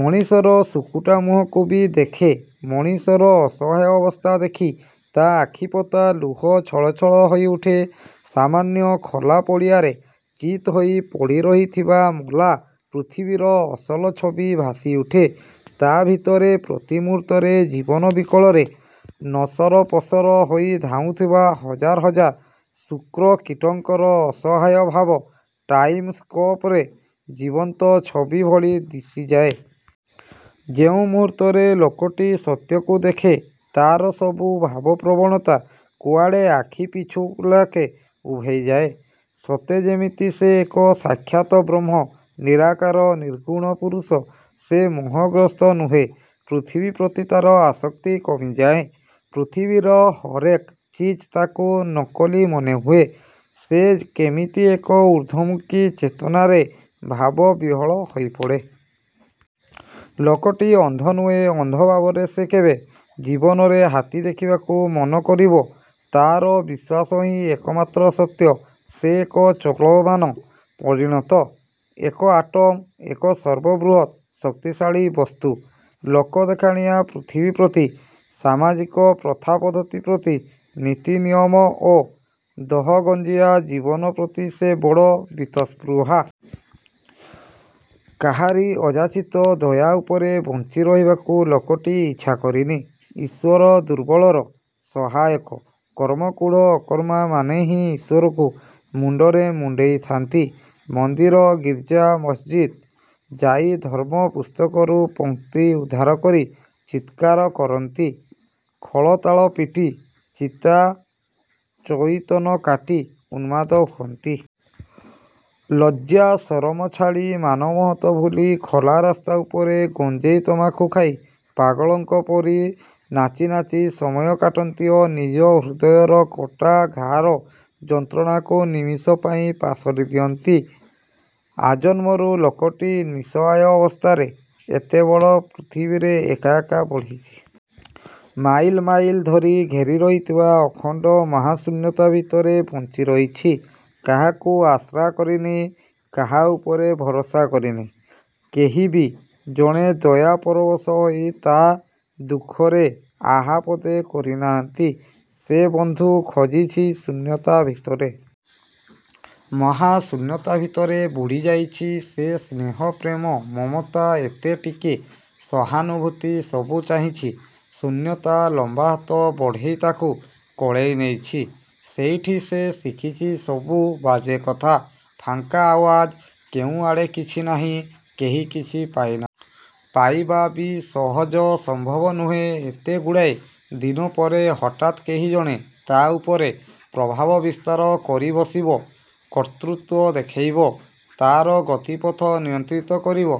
ମଣିଷର ସୁକୁଟା ମୁହଁକୁ ବି ଦେଖେ। ମଣିଷର ଅସହାୟ ଅବସ୍ଥା ଦେଖି ତା' ଆଖିପତା ଲୁହ ଛଳଛଳ ହୋଇଉଠେ। ସାମାନ୍ୟ ଖୋଲା ପଡ଼ିଆରେ ଚିତ୍ ହୋଇ ପଡ଼ିରହିଥିବା ମଲା ପୃଥିବୀର ଅସଲ ଛବି ଭାସିଉଠେ। ତା' ଭିତରେ ପ୍ରତି ମୁହୂର୍ତ୍ତରେ ଜୀବନ ବିକଳରେ ନସରପସର ହୋଇ ଧାଉଁଥିବା ହଜାର ହଜାର ଶୁକ୍ରକୀଟଙ୍କର ଅସହାୟ ଭାବ ଟାଇମ୍ ସ୍କୋପରେ ଜୀବନ୍ତ ଛବି ଭଳି ଦିଶିଯାଏ। ଯେଉଁ ମୁହୂର୍ତ୍ତରେ ଲୋକଟି ସତ୍ୟକୁ ଦେଖେ ତା'ର ସବୁ ଭାବପ୍ରବଣତା କୁଆଡ଼େ ଆଖି ପିଛୁଳାକେ ଉଭେଇ ଯାଏ। ସତେ ଯେମିତି ସେ ଏକ ସାକ୍ଷାତ ବ୍ରହ୍ମ, ନିରାକାର, ନିର୍ଗୁଣ ପୁରୁଷ। ସେ ମୋହଗ୍ରସ୍ତ ନୁହେଁ। ପୃଥିବୀ ପ୍ରତି ତା'ର ଆସକ୍ତି କମିଯାଏ। ପୃଥିବୀର ହରେକ୍ ଚିଜ୍ ତାକୁ ନକଲି ମନେହୁଏ, ସେ କେମିତି ଏକ ଊର୍ଦ୍ଧ୍ୱମୁଖୀ ଚେତନାରେ ଭାବବିହ୍ୱଳ ହୋଇପଡ଼େ। ଲୋକଟି ଅନ୍ଧନୁହେଁ। ଅନ୍ଧଭାବରେ ସେ କେବେ ଜୀବନରେ ହାତୀ ଦେଖିବାକୁ ମନ କରିବ। ତା'ର ବିଶ୍ୱାସ ହିଁ ଏକମାତ୍ର ସତ୍ୟ। ସେ ଏକ ଚଳମାନ ପରିଣତ। ଏକ ଆଟମ୍। ଏକ ସର୍ବ ବୃହତ୍ ଶକ୍ତିଶାଳୀ ବସ୍ତୁ। ଲୋକ ଦେଖାଣିଆ ପୃଥିବୀ ପ୍ରତି, ସାମାଜିକ ପ୍ରଥାପଦ୍ଧତି ପ୍ରତି, ନୀତିନିୟମ ଓ ଦହଗଞ୍ଜିଆ ଜୀବନ ପ୍ରତି ସେ ବଡ଼ ବୀତସ୍ପୃହା। କାହାରି ଅଯାଚିତ ଦୟାଉପରେ ବଞ୍ଚି ରହିବାକୁ ଲୋକଟି ଇଚ୍ଛା କରିନି। ଈଶ୍ୱର ଦୁର୍ବଳର ସହାୟକ। କର୍ମକୁଢ଼ ଅକର୍ମା ମାନେହିଁ ଈଶ୍ୱରଙ୍କୁ ମୁଣ୍ଡରେ ମୁଣ୍ଡେଇ ଥାନ୍ତି। ମନ୍ଦିର, ଗିର୍ଜା, ମସ୍ଜିଦ୍, ଯାଇ ଧର୍ମ ପୁସ୍ତକରୁ ପଂକ୍ତି ଉଦ୍ଧାର କରି ଚିତ୍କାର କରନ୍ତି। ଖୋଳତାଳ ପିଟି ଚିତାଚଇତନ କାଟି ଉନ୍ମାଦ ହୁଅନ୍ତି। ଲଜ୍ଜାସରମ ଛାଡ଼ି ମାନମହତ ଭୁଲି ଖୋଲା ରାସ୍ତା ଉପରେ ଗଞ୍ଜେଇ ତମାଖୁ ଖାଇ ପାଗଳଙ୍କ ପରି ନାଚି ନାଚି ସମୟ କାଟନ୍ତି ଓ ନିଜ ହୃଦୟର କଟା ଘା'ର ଯନ୍ତ୍ରଣାକୁ ନିମିଷକ ପାଇଁ ପାସୋରି ଦିଅନ୍ତି। ଆଜନ୍ମରୁ ଲୋକଟି ନିଃସହାୟ ଅବସ୍ଥାରେ ଏତେବଡ଼ ପୃଥିବୀରେ ଏକା ଏକା ବଢ଼ିଛି। ମାଇଲ୍ ମାଇଲ୍ ଧରି ଘେରିରହିଥିବା ଅଖଣ୍ଡ ମହାଶୂନ୍ୟତା ଭିତରେ ବଞ୍ଚି ରହିଛି। କାହାକୁ ଆଶ୍ରା କରିନି। କାହା ଉପରେ ଭରସା କରିନି-। କେହି ବି ଜଣେ ଦୟା ପରବଶ ହୋଇ ତା' ଦୁଃଖରେ ଆହା ପଦେ କରି ନାହାନ୍ତି-। ସେ ବନ୍ଧୁ ଖୋଜିଛି ଶୂନ୍ୟତା ଭିତରେ। ମହାଶୂନ୍ୟତା ଭିତରେ ବୁଡ଼ିଯାଇଛି। ସେ ସ୍ନେହ, ପ୍ରେମ, ମମତା ଏତେ ଟିକେ ସହାନୁଭୂତି ସବୁ ଚାହିଁଛି। ଶୂନ୍ୟତା ଲମ୍ବା ହାତ ବଢ଼େଇ ତାକୁ କୋଳେଇ ନେଇଛି-। ସେଇଠି ସେ ଶିଖିଛି ସବୁ ବାଜେ କଥା। ଫାଙ୍କା ଆଓ୍ୱାଜ। କେଉଁ ଆଡ଼େ କିଛି ନାହିଁ। କେହି କିଛି ପାଇନା। ପାଇବା ବି ସହଜ ସମ୍ଭବ ନୁହେଁ। ଏତେଗୁଡ଼ାଏ ଦିନ ପରେ ହଠାତ୍ କେହି ଜଣେ ତା' ଉପରେ ପ୍ରଭାବ ବିସ୍ତାର କରି ବସିବ। କର୍ତ୍ତୃତ୍ୱ ଦେଖାଇବ। ତା'ର ଗତିପଥ ନିୟନ୍ତ୍ରିତ କରିବ।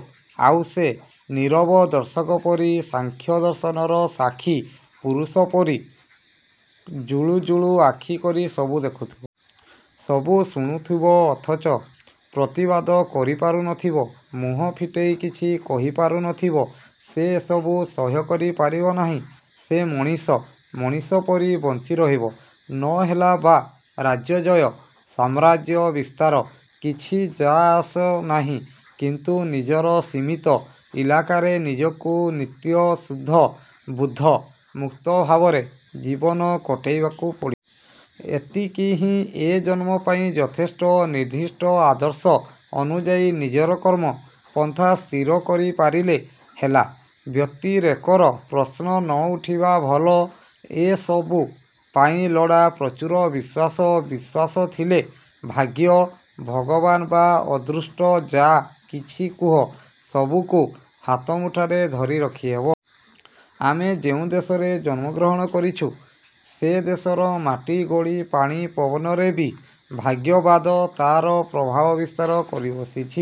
ଆଉ ସେ ନୀରବ ଦର୍ଶକ ପରି ସାଂଖ୍ୟ ଦର୍ଶନର ସାକ୍ଷୀ ପୁରୁଷ ପରି ଜୁଳୁ ଜୁଳୁ ଆଖି କରି ସବୁ ଦେଖୁଥିବ। ସବୁ ଶୁଣୁଥିବ। ଅଥଚ ପ୍ରତିବାଦ କରିପାରୁନଥିବ। ମୁହଁ ଫିଟେଇ କିଛି କହିପାରୁନଥିବ।। ସେ ଏସବୁ ସହ୍ୟ କରି ପାରିବ ନାହିଁ। ସେ ମଣିଷ, ମଣିଷ ପରି ବଞ୍ଚି ରହିବ। ନ ହେଲା ବା' ରାଜ୍ୟଜୟ। ସାମ୍ରାଜ୍ୟ ବିସ୍ତାର। କିଛି ଯା' ଆସ ନାହିଁ। କିନ୍ତୁ ନିଜର ସୀମିତ ଇଲାକାରେ ନିଜକୁ ନିତ୍ୟ-ଶୁଦ୍ଧ-ବୁଦ୍ଧ ମୁକ୍ତ ଭାବରେ ଜୀବନ କଟେଇବାକୁ ପଡ଼ି। ଏତିକି ହିଁ ଏ ଜନ୍ମ ପାଇଁ ଯଥେଷ୍ଟ। ନିର୍ଦ୍ଦିଷ୍ଟ ଆଦର୍ଶ ଅନୁଯାୟୀ ନିଜର କର୍ମ ପନ୍ଥା ସ୍ଥିର କରି ପାରିଲେ ହେଲା। ବ୍ୟତିରେକର ପ୍ରଶ୍ନ ନ ଉଠିବା ଭଲ। ଏ ସବୁ ପାଇଁ ଲୋଡ଼ା ପ୍ରଚୁର ବିଶ୍ୱାସ। ବିଶ୍ୱାସ ଥିଲେ ଭାଗ୍ୟ, ଭଗବାନ ବା ଅଦୃଷ୍ଟ-ଯା କିଛି କୁହ, ସବୁକୁ ହାତମୁଠାରେ ଧରି ରଖିହବ। ଆମେ ଯେଉଁ ଦେଶରେ ଜନ୍ମଗ୍ରହଣ କରିଛୁ, ସେଦେଶର ମାଟି, ଗୋଡ଼ି ପାଣି ପବନରେ ବି ଭାଗ୍ୟବାଦ ତା'ର ପ୍ରଭାବ ବିସ୍ତାର କରି ବସିଛି।